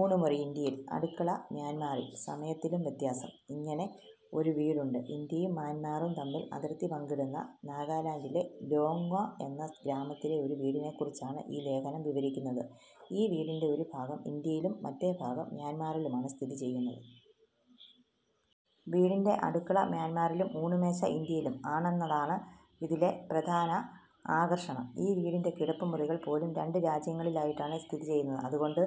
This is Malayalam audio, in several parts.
ഊണുമുറി ഇന്ത്യയിൽ, അടുക്കള മ്യാൻമറിൽ! സമയത്തിലും വ്യത്യാസം; ഇങ്ങനെ ഒരു വീടുണ്ട് ഇന്ത്യയും മ്യാൻമാറും തമ്മിൽ അതിർത്തി പങ്കിടുന്ന നാഗാലാൻഡിലെ ലോങ്ങ്വ എന്ന ഗ്രാമത്തിലെ ഒരു വീടിനെക്കുറിച്ചാണ് ഈ ലേഖനം വിവരിക്കുന്നത്. ഈ വീടിന്റെ ഒരു ഭാഗം ഇന്ത്യയിലും മറ്റേ ഭാഗം മ്യാൻമാറിലുമാണ് സ്ഥിതി ചെയ്യുന്നത്. വീടിന്റെ അടുക്കള മ്യാൻമാറിലും ഊണുമേശ ഇന്ത്യയിലും ആണെന്നതാണ് ഇതിലെ പ്രധാന ആകർഷണം. ഈ വീടിന്റെ കിടപ്പുമുറികൾ പോലും രണ്ട് രാജ്യങ്ങളിലായിട്ടാണ് സ്ഥിതി ചെയ്യുന്നത്. അതുകൊണ്ട്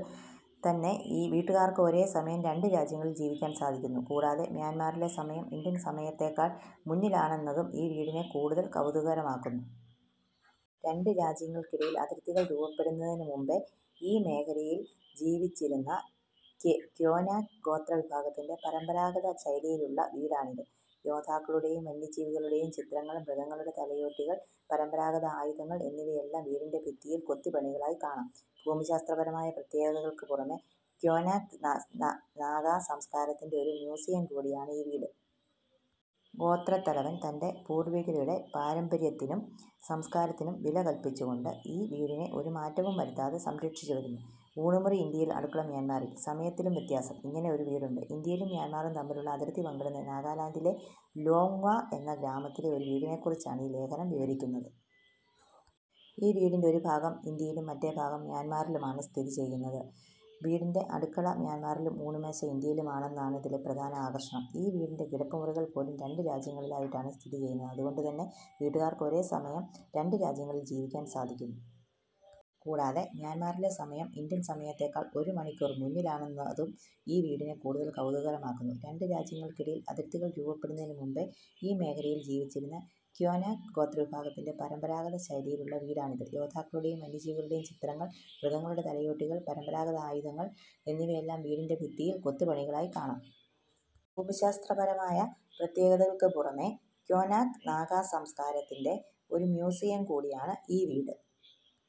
തന്നെ വീട്ടുകാർക്ക് ഒരേ സമയം രണ്ട് രാജ്യങ്ങളിൽ ജീവിക്കാൻ സാധിക്കുന്നു. കൂടാതെ, മ്യാൻമാറിലെ സമയം ഇന്ത്യൻ സമയത്തേക്കാൾ ഒരു മണിക്കൂർ മുന്നിലാണെന്നതും ഈ വീടിനെ കൂടുതൽ കൗതുകകരമാക്കുന്നു. രണ്ട് രാജ്യങ്ങൾക്കിടയിൽ അതിർത്തികൾ രൂപപ്പെടുന്നതിന് മുമ്പേ ഈ മേഖലയിൽ ജീവിച്ചിരുന്ന കോന്യാക് ഗോത്ര വിഭാഗത്തിന്റെ പരമ്പരാഗത ശൈലിയിലുള്ള വീടാണിത്. യോദ്ധാക്കളുടെയും വന്യജീവികളുടെയും ചിത്രങ്ങൾ, മൃഗങ്ങളുടെ തലയോട്ടികൾ, പരമ്പരാഗത ആയുധങ്ങൾ എന്നിവയെല്ലാം വീടിന്റെ ഭിത്തികളിൽ കൊത്തുപണികളായി കാണാം. ഭൂമിശാസ്ത്രപരമായ പ്രത്യേകതകൾക്ക് പുറമെ, കോന്യാക് നാഗാ സംസ്കാരത്തിന്റെ ഒരു മ്യൂസിയം കൂടിയാണ് ഈ വീട്. ഗോത്രത്തലവൻ തന്റെ പൂർവ്വികരുടെ പാരമ്പര്യത്തിനും സംസ്കാരത്തിനും വില കൽപ്പിച്ചു കൊണ്ട് ഈ വീടിനെ ഒരു മാറ്റവും വരുത്താതെ സംരക്ഷിച്ചു വരുന്നു. ഊണുമുറി ഇന്ത്യയിൽ, അടുക്കള മ്യാൻമറിൽ! സമയത്തിലും വ്യത്യാസം; ഇങ്ങനെ ഒരു വീടുണ്ട് ഇന്ത്യയും മ്യാൻമാറും തമ്മിൽ അതിർത്തി പങ്കിടുന്ന നാഗാലാൻഡിലെ ലോങ്ങ്വ എന്ന ഗ്രാമത്തിലെ ഒരു വീടിനെക്കുറിച്ചാണ് ഈ ലേഖനം വിവരിക്കുന്നത്. ഈ വീടിന്റെ ഒരു ഭാഗം ഇന്ത്യയിലും മറ്റേ ഭാഗം മ്യാൻമാറിലുമാണ് സ്ഥിതി ചെയ്യുന്നത്. വീടിന്റെ അടുക്കള മ്യാൻമാറിലും ഊണുമേശ ഇന്ത്യയിലും ആണെന്നതാണ് ഇതിലെ പ്രധാന ആകർഷണം. ഈ വീടിന്റെ കിടപ്പുമുറികൾ പോലും രണ്ട് രാജ്യങ്ങളിലായിട്ടാണ് സ്ഥിതി ചെയ്യുന്നത്. അതുകൊണ്ട് തന്നെ വീട്ടുകാർക്ക് ഒരേ സമയം രണ്ട് രാജ്യങ്ങളിൽ ജീവിക്കാൻ സാധിക്കുന്നു. കൂടാതെ, മ്യാൻമാറിലെ സമയം ഇന്ത്യൻ സമയത്തേക്കാൾ ഒരു മണിക്കൂർ മുന്നിലാണെന്നതും ഈ വീടിനെ കൂടുതൽ കൗതുകകരമാക്കുന്നു. രണ്ട് രാജ്യങ്ങൾക്കിടയിൽ അതിർത്തികൾ രൂപപ്പെടുന്നതിന് മുമ്പേ ഈ മേഖലയിൽ ജീവിച്ചിരുന്ന കോന്യാക് ഗോത്ര വിഭാഗത്തിന്റെ പരമ്പരാഗത ശൈലിയിലുള്ള വീടാണിത്. യോദ്ധാക്കളുടെയും വന്യജീവികളുടെയും ചിത്രങ്ങൾ, മൃഗങ്ങളുടെ തലയോട്ടികൾ, പരമ്പരാഗത ആയുധങ്ങൾ എന്നിവയെല്ലാം വീടിന്റെ ഭിത്തികളിൽ കൊത്തുപണികളായി കാണാം. ഭൂമിശാസ്ത്രപരമായ പ്രത്യേകതകൾക്ക് പുറമെ, കോന്യാക് നാഗാ സംസ്കാരത്തിന്റെ ഒരു മ്യൂസിയം കൂടിയാണ് ഈ വീട്.